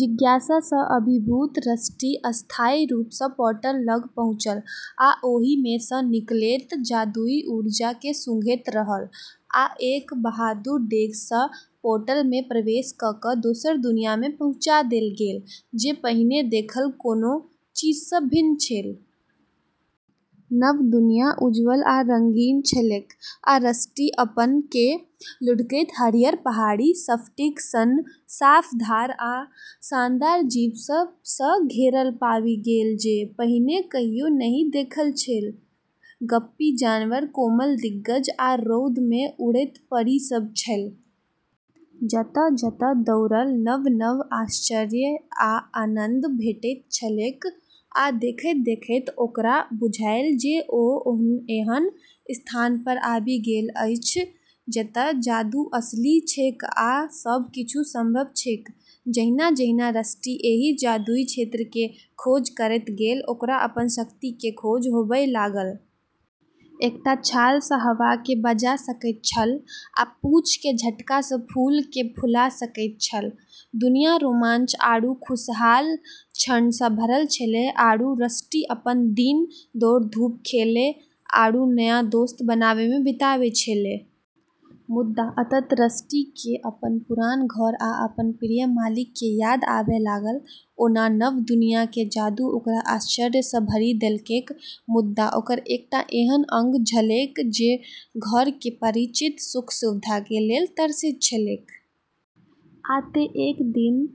जिज्ञासा सँ अभिभूत रस्टी अस्थायी रूप सँ पोर्टल लग पहुँचल आ ओहि मे सँ निकलैत जादुई ऊर्जा के सूंघैत रहल। आ एक बहादुर डेग सँ पोर्टल मे प्रवेश क' क' दोसर दुनिया मे पहुँचा देल गेल, जे पहिने देखल कोनो चीज सँ भिन्न छल। नव दुनिया उज्ज्वल आ रंगीन छलैक, आ रस्टी अपन केँ लुढ़कैत हरियर पहाड़ी, स्फटिक सन साफ धार आ शानदार जीव सब सँ घेरल पाबि गेल जे पहिने कहियो नहि देखने छल। गप्पी जानवर, कोमल दिग्गज, आ रौद मे उड़ैत परी सब छल। जतय-जतय दौड़ल, नव-नव आश्चर्य आ आनन्द भेटैत छलैक, आ देखैत-देखैत ओकरा बुझायल जे ओ एहन स्थान पर आबि गेल अछि जतय जादू असली छैक आ सब किछु संभव छैक। जहिना-जहिना रस्टी एहि जादुई क्षेत्र के खोज करैत गेल, ओकरा अपन शक्ति के खोज होबय लागल। एकटा छाल सँ हवा केँ बजा सकैत छल आ पूँछ के झटका सँ फूल केँ फूला सकैत छल। दुनिया रोमांच आरू खुशहाल क्षण सँ भरल छेलै, आरू रस्टी अपन दिन दौड़-धूप, खेलै, आरू नया दोस्त बनाबै मे बिताबै छेलै। मुदा अंततः रस्टी के अपन पुरान घर आ अपन प्रिय मालिक के याद आबय लागल। ओना नव दुनिया के जादू ओकरा आश्चर्य सँ भरि देलकैक मुदा ओकर एकटा एहन अंग छलैक जे घर के परिचित सुख-सुविधा के लेल तरसैत छलैक। आ तें, एक दिन,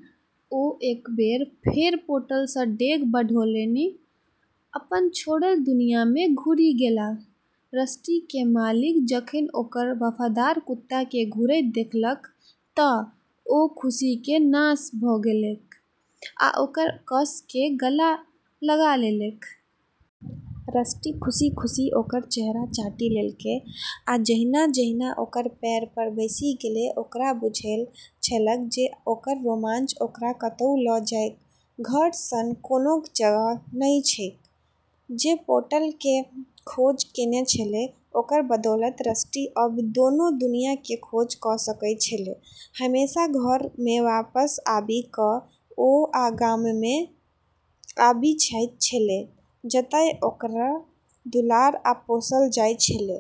ओ एक बेर फेर पोर्टल सँ डेग बढ़ौलनि, अपन छोड़ल दुनिया मे घुरि गेलाह। रस्टी के मालिक जखन ओकर वफादार कुत्ता के घुरैत देखलकै तऽ ओ खुशी के नाश भऽ गेलै आ ओकरा कस कऽ गला लगा लेलकै। रस्टी खुशी-खुशी ओकर चेहरा चाटि लेलकै, आ जहिना-जहिना ओकर पएर पर बैसि गेलै, ओकरा बुझल छलैक जे ओकर रोमांच ओकरा कतहु ल' जाय, घर सन कोनो जगह नहि छैक। जे पोर्टल के खोज केने छेलै, ओकर बदौलत रस्टी अब दोनों दुनिया के खोज क' सकै छेलै, हमेशा घर मे वापस आबि कऽ ओ गाँममे आबि जाइत छलै, जतय ओकरा दुलार आ पोसल जाय छलै।